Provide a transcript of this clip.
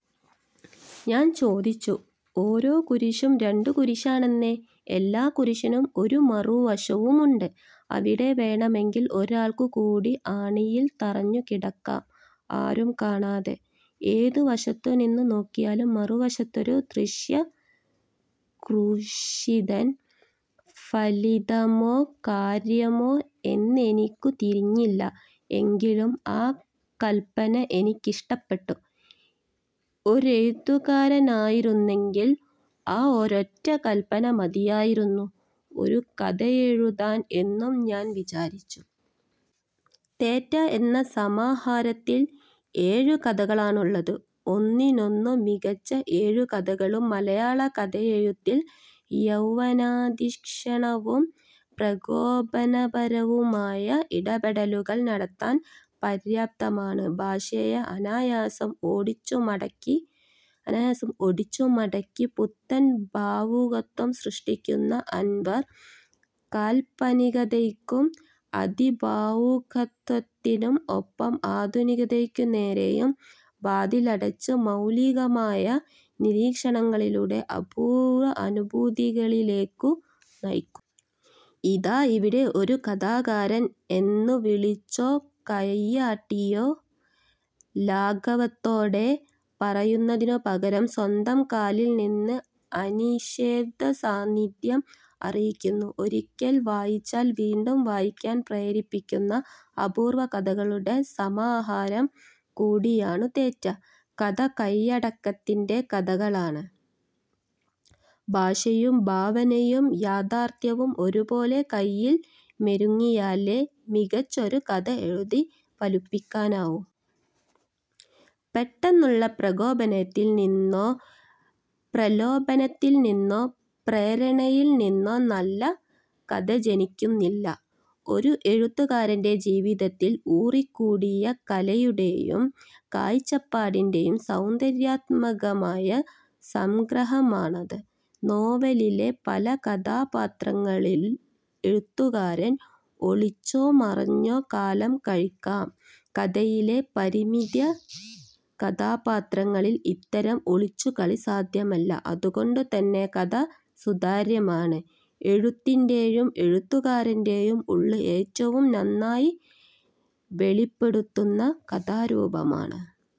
ഞാൻ ചോദിച്ചു. ഓരോ കുരിശും രണ്ടു കുരിശാണെന്നേ. എല്ലാ കുരിശിനും ഒരു മറുവശവുമുണ്ട്. അവിടെ വേണമെങ്കിൽ ഒരാൾക്കു കൂടി ആണിയിൽ തറഞ്ഞുകിടക്കാം; ആരും കാണാതെ. ഏതു വശത്തുനിന്നു നോക്കിയാലും മറുവശത്തൊരദൃശ്യ ക്രൂശിതൻ. ഫലിതമോ കാര്യമോ എന്നെനിക്കു തിരിഞ്ഞില്ല. എങ്കിലും ആ കൽപന എനിക്കിഷ്ടപ്പെട്ടു. ഒരെഴുത്തുകാരനായിരുന്നെങ്കിൽ, ആ ഒരൊറ്റ കൽപന മതിയായിരുന്നു, ഒരു കഥയെഴുതാൻ എന്നും ഞാൻ വിചാരിച്ചു. തേറ്റ എന്ന സമാഹാരത്തിൽ ഏഴു കഥകളാണുള്ളത്. ഒന്നിനൊന്നു മികച്ച ഏഴു കഥകളും മലയാള കഥയെഴുത്തിൽ യൗവനതീക്ഷ്ണവും പ്രകോപനപരവുമായ ഇടപെടലുകൾ നടത്താൻ പര്യാപ്തമാണ്. ഭാഷയെ അനായാസം ഒടിച്ചുമടക്കി പുത്തൻ ഭാവുകത്വം സൃഷ്ടിക്കുന്ന അൻവർ, കാൽപനികതയ്ക്കും അതിഭാവുകത്വത്തിനും ഒപ്പം ആധുനികതയ്ക്കു നേരെയും വാതിലടച്ച്, മൗലികമായ നിരീക്ഷണങ്ങളിലൂടെ അപൂർവ അനുഭൂതികളിലേക്കു നയിക്കുന്നു. ഇതാ, ഇവിടെ ഒരു കഥാകാരൻ എന്നു വിളിച്ചോ കയ്യാട്ടിയോ ലാഘവത്തോടെ പറയുന്നതിനു പകരം, സ്വന്തം കാലിൽ നിന്ന് അനിഷേധ്യ സാന്നിധ്യം അറിയിക്കുന്നു. ഒരിക്കൽ വായിച്ചാൽ വീണ്ടും വായിക്കാൻ പ്രേരിപ്പിക്കുന്ന അപൂർവ കഥകളുടെ സമാഹാരം കൂടിയാണു തേറ്റ. കഥ കയ്യടക്കത്തിന്റെ കലയാണ്. ഭാഷയും ഭാവനയും യാഥാർഥ്യവും ഒരുപോലെ കയ്യിൽ മെരുങ്ങിയാലേ മികച്ചൊരു കഥ എഴുതി ഫലിപ്പിക്കാനാവൂ. പെട്ടെന്നുള്ള പ്രകോപനത്തിൽ നിന്നോ, പ്രലോഭനത്തിൽ നിന്നോ, പ്രേരണയിൽ നിന്നോ നല്ല കഥ ജനിക്കുന്നില്ല. ഒരു എഴുത്തുകാരന്റെ ജീവിതത്തിൽ ഊറിക്കൂടിയ കലയുടെയും കാഴ്ചപ്പാടിന്റെയും സൗന്ദര്യാത്മകമായ സംഗ്രഹമാണത്. നോവലിലെ പല കഥാപാത്രങ്ങളിൽ എഴുത്തുകാരന് ഒളിച്ചോ മറഞ്ഞോ കാലം കഴിക്കാം. കഥയിലെ പരിമിത കഥാപാത്രങ്ങളിൽ അത്തരം ഒളിച്ചുകളി സാധ്യമല്ല. അതുകൊണ്ടുതന്നെ കഥ സുതാര്യമാണ്, എഴുത്തിന്റെയും എഴുത്തുകാരന്റെയും ഉള്ള് ഏറ്റവും നന്നായി വെളിപ്പെടുത്തുന്ന കലാരൂപമാണ്.